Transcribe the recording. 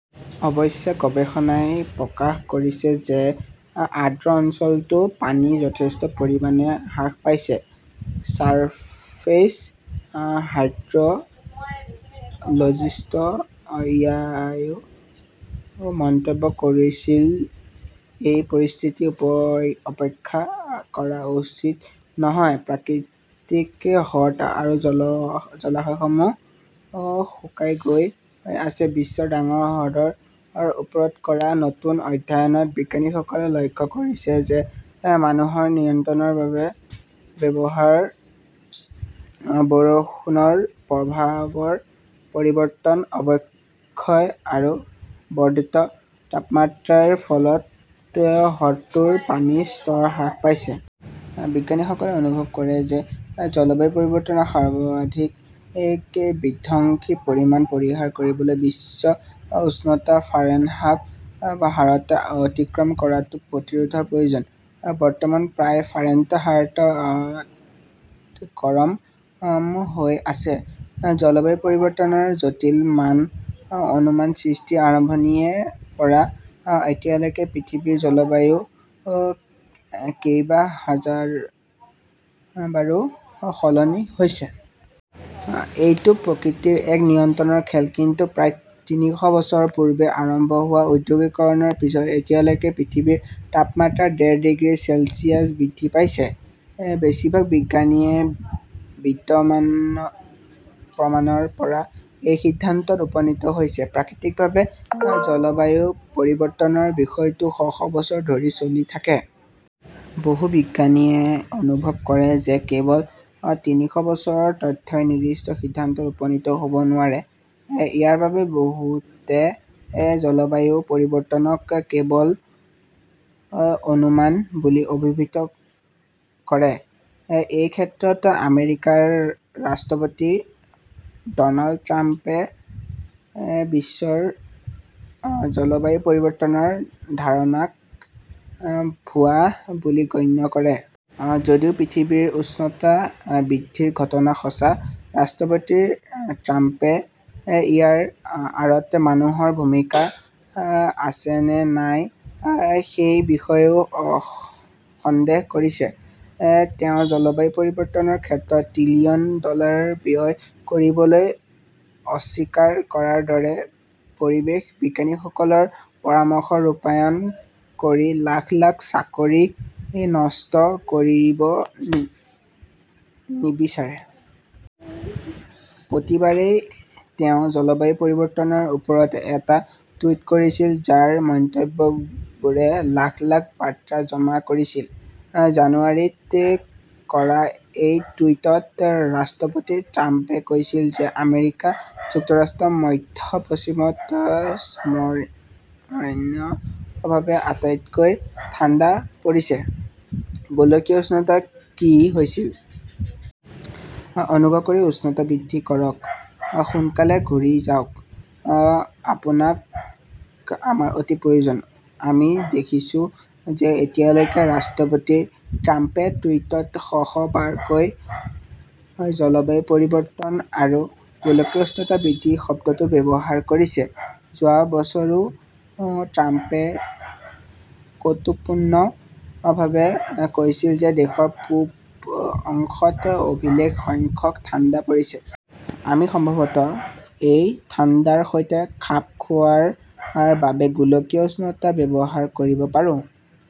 অৱশ্যে, গৱেষণাই প্ৰকাশ কৰিছে যে আৰ্দ্ৰ অঞ্চলতো পানী যথেষ্ট পৰিমাণে হ্ৰাস পাইছে। ছাৰ্ফেচ হাইড্ৰ "লজিষ্ট ইয়াওৱে মন্তব্য কৰিছিল এই পৰিস্থিতি উপেক্ষা কৰা উচিত নহয়। প্ৰাকৃতিক হ্ৰদ আৰু জলাশয়সমূহ শুকাই গৈ আছে। বিশ্বৰ ডাঙৰ হ্ৰদৰ ওপৰত কৰা নতুন অধ্যয়নত বিজ্ঞানীসকলে লক্ষ্য কৰিছে যে মানুহৰ নিৰন্তৰ ব্যৱহাৰ, বৰষুণৰ প্ৰবাহৰ পৰিৱৰ্তন, অৱক্ষয় আৰু বৰ্ধিত তাপমাত্ৰাৰ ফলত হ্ৰদটোৰ পানীৰ স্তৰ হ্ৰাস পাইছে। । বিজ্ঞানীসকলে অনুভৱ কৰে যে জলবায়ু পৰিৱৰ্তনৰ সৰ্বাধিক বিধ্বংসী পৰিণাম পৰিহাৰ কৰিবলৈ বিশ্ব উষ্ণতা ফাৰেনহাইটৰ হাৰত অতিক্ৰম কৰাটো প্ৰতিৰোধৰ প্ৰয়োজন। বৰ্তমান প্ৰায় ফাৰেনহাইট হাৰত গৰম হৈ আছে। জলবায়ু পৰিৱৰ্তনৰ জটিল মান-অনুমান সৃষ্টিৰ আৰম্ভণিৰে পৰা এতিয়ালৈকে পৃথিৱীৰ জলবায়ু কেইবা হাজাৰবাৰো সলনি হৈছে। এইটো প্ৰকৃতিৰ এক নিৰন্তৰ খেল। কিন্তু প্ৰায় তিনিশ বছৰ পূৰ্বে আৰম্ভ হোৱা ঔদ্যোগিকৰণৰ পিছত এতিয়ালৈকে পৃথিৱীৰ তাপমাত্ৰা ডেৰ ডিগ্ৰী চেলছিয়াছ বৃদ্ধি পাইছে। বেছিভাগ বিজ্ঞানীয়ে বিদ্যমান প্ৰমাণৰ পৰা এই সিদ্ধান্তত উপনীত হৈছে। প্ৰাকৃতিকভাৱে জলবায়ু পৰিৱৰ্তনৰ বিষয়টো শ শ বছৰ ধৰি চলি থাকে। বহু বিজ্ঞানীয়ে অনুভৱ কৰে যে কেৱল তিনিশ বছৰৰ তথ্যই নিৰ্দিষ্ট সিদ্ধান্তত উপনীত হ'ব নোৱাৰে। ইয়াৰ বাবে বহুতে জলবায়ু পৰিৱৰ্তনক কেৱল 'অনুমান' বুলি অভিহিত কৰে। এই ক্ষেত্ৰত আমেৰিকাৰ ৰাষ্ট্ৰপতি ড'নাল্ড ট্ৰাম্পে বিশ্বৰ জলবায়ু পৰিৱৰ্তনৰ ধাৰণাক " ভুৱা "বুলি গণ্য কৰে। যদিও পৃথিৱীৰ উষ্ণতা বৃদ্ধিৰ ঘটনা সঁচা, ৰাষ্ট্ৰপতি ট্ৰাম্পে ইয়াৰ আঁৰত মানুহৰ ভূমিকা আছে নে নাই সেই বিষয়েও সন্দেহ কৰিছে। তেওঁ জলবায়ু পৰিৱৰ্তনৰ ক্ষেত্ৰত ত্ৰিলিয়ন ডলাৰ ব্যয় কৰিবলৈ অস্বীকাৰ কৰাৰ দৰে পৰিৱেশ বিজ্ঞানীসকলৰ পৰামৰ্শ ৰূপায়ণ কৰি লাখ লাখ চাকৰি নষ্ট কৰিব নিবিচাৰে। প্ৰতিবাৰেই তেওঁ জলবায়ু পৰিৱৰ্তনৰ ওপৰত এটা টুইট কৰিছিল, যাৰ মন্তব্যবোৰে লাখ লাখ বাৰ্তা জমা কৰিছিল। জানুৱাৰীত কৰা এই টুইটত ৰাষ্ট্ৰপতি ট্ৰাম্পে কৈছিল যে আমেৰিকা যুক্তৰাষ্ট্ৰৰ মধ্য-পশ্চিমত স্মৰণীয়ভাৱে আটাইতকৈ ঠাণ্ডা পৰিছে। গোলকীয় উষ্ণতা কি হৈছিল? অনুগ্ৰহ কৰি উষ্ণতা বৃদ্ধি কৰক, সোনকালে ঘূৰি যাওক, আপোনাক আমাৰ অতি প্ৰয়োজন। আমি দেখিছো যে এতিয়ালৈকে ৰাষ্ট্ৰপতি ট্ৰাম্পে টুইটত শ শ বাৰকৈ জলবায়ু পৰিৱৰ্তন আৰু গোলকীয় উষ্ণতা বৃদ্ধি শব্দটো ব্যৱহাৰ কৰিছে। যোৱা বছৰো ট্ৰাম্পে কৌতুকপূৰ্ণভাৱে কৈছিল যে দেশৰ পূব অংশত অভিলেখ সংখ্যক ঠাণ্ডা পৰিছে। আমি সম্ভৱতঃ এই ঠাণ্ডাৰ সৈতে খাপ খোৱাৰ বাবে গোলকীয় উষ্ণতা ব্যৱহাৰ কৰিব পাৰোঁ।